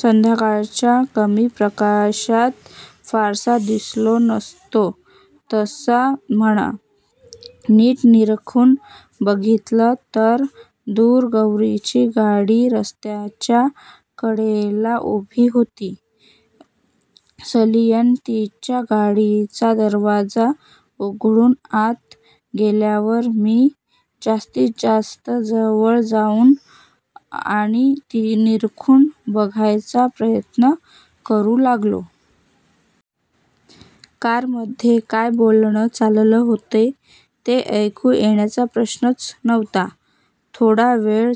संध्याकाळच्या कमी प्रकाशात फारसा दिसलो नसतो तसा म्हणा. नीट निरखून बघितलं तर दूर गौरीची गाडी रस्त्याच्या कडेला उभी होती. सलियन तिच्या गाडीचा दरवाजा उघडून आत गेल्यावर मी जास्तीत जास्त जवळ जाऊन आणि निरखून बघण्याचा प्रयत्न करू लागलो. कारमध्ये काय बोलणं चाललं होतं, ते ऐकू येण्याचा प्रश्नच नव्हता. थोडा वेळ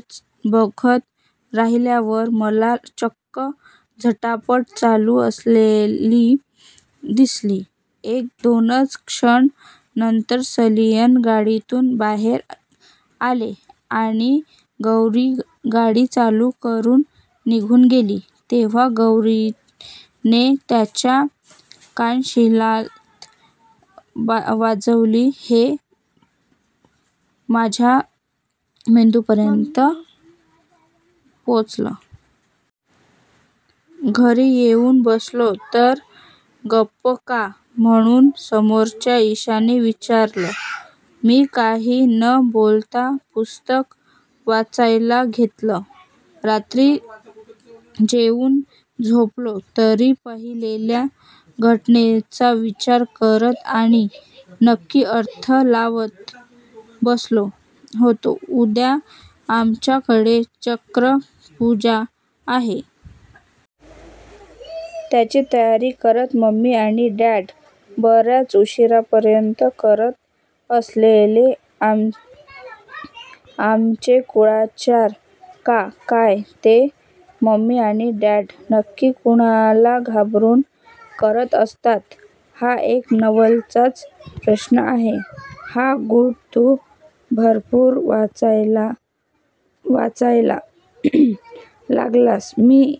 बघत राहिल्यावर मला चक्क झटापट चालू असलेली दिसली- एक दोनच क्षण. नंतर सलियन गाडीतून बाहेर आले, आणि गौरी गाडी चालू करून निघून गेली तेव्हा गौरीने त्यांच्या कानशिलात वाजवली- हे माझ्या मेंदूपर्यंत पोचलं. घरी येऊन बसलो तर गप्प का-- म्हणून समोरच्या इशाने विचारलं. मी काही न बोलता पुस्तक वाचायला घेतलं. रात्री जेऊन झोपलो, तरी पाहिलेल्या घटनेचा विचार करत आणि नक्की अर्थ लावत बसलो होतो. उद्या आमच्याकडे चक्रपूजा आहे. त्याची तयारी करत मम्मी आणि डॅड बर्याच उशिरापर्यंत करत बसलेले. आमचे कुळाचार का काय ते- मम्मी आणि डॅड नक्की कुणाला घाबरून करत असतात, हा एक नवलाचाच प्रश्न आहे. हां. गुड. तू भरपूर वाचायला लागलास ही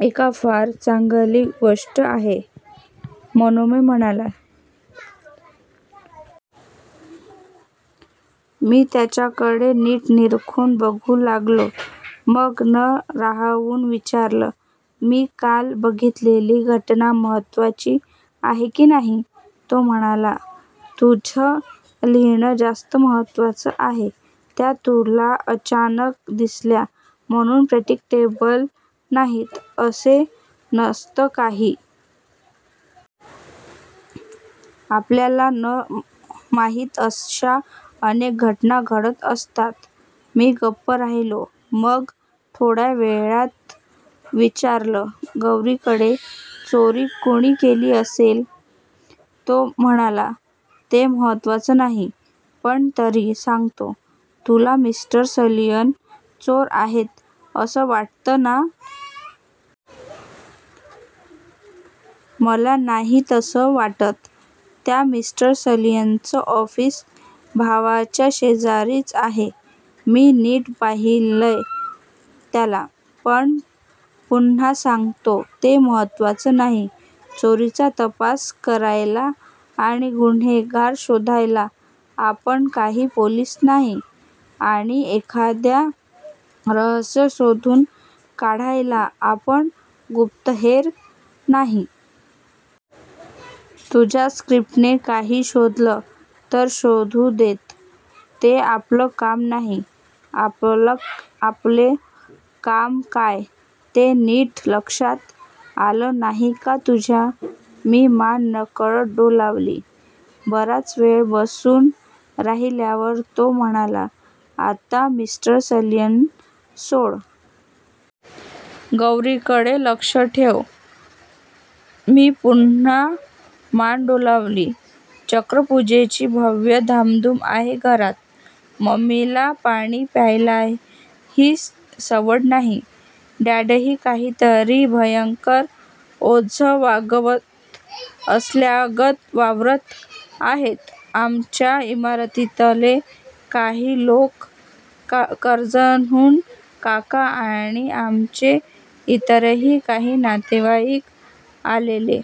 एक फार चांगली गोष्ट आहे-- मनोमय म्हणाला. मी त्याच्याकडे नीट निरखून बघू लागलो. मग न राहवून विचारलं-- मी काल बघितलेली घटना महत्वाची आहे की नाही? तो म्हणाला-- तुझं लिहिणं जास्त महत्वाचं आहे. त्या तुला अचानक दिसल्या म्हणून प्रेडिक्टेबल नाहीत असं नसतं काही. आपल्याला न माहित अशा अनेक घटना घडत असतात. मी गप्प राहिलो. मग थोड्या वेळात विचारलं-- गौरीकडे चोरी कुणी केली असेल? तो म्हणाला- ते महत्वाचं नाही. पण तरी सांगतो. तुला मिस्टर सलियन चोर आहेत असं वाटतंय ना? मला नाही तसं वाटत. त्या मिस्टर सलियनचं ऑफिस भावाच्या शेजारीच आहे. मी नीट पाहिलंय त्याला. पण पुन्हा सांगतो- ते महत्वाचं नाही. चोरीचा तपास लावायला आणि गुन्हेगार शोधायला आपण काही पोलिस नाही. आणि एखादं रहस्य शोधून काढायला आपण गुप्तहेर नाही. तुझ्या स्क्रिप्टने काही शोधलं तर शोधू देत. ते आपलं काम नाही. आपलं काम काय- ते नीट लक्षात आलं नाही का तुझ्या? मी मान नकळत डोलावली. बराच वेळ बसून राहिल्यावर तो म्हणाला-- आता मिस्टर सलियन सोड. गौरीवर लक्ष ठेव. मी पुन्हा मान डोलावली. चक्रपुजेची भव्य धामधुम आहे घरात. मम्मीला पाणी प्यायलाही सवड नाही. डॅडही काहीतरी भयंकर ओझं वागवत असल्यागत वावरत आहेत. आमच्या इमारतीतले काही लोक, कर्जतहून काका आणि आमचे इतरही काही नातेवाईक आलेले.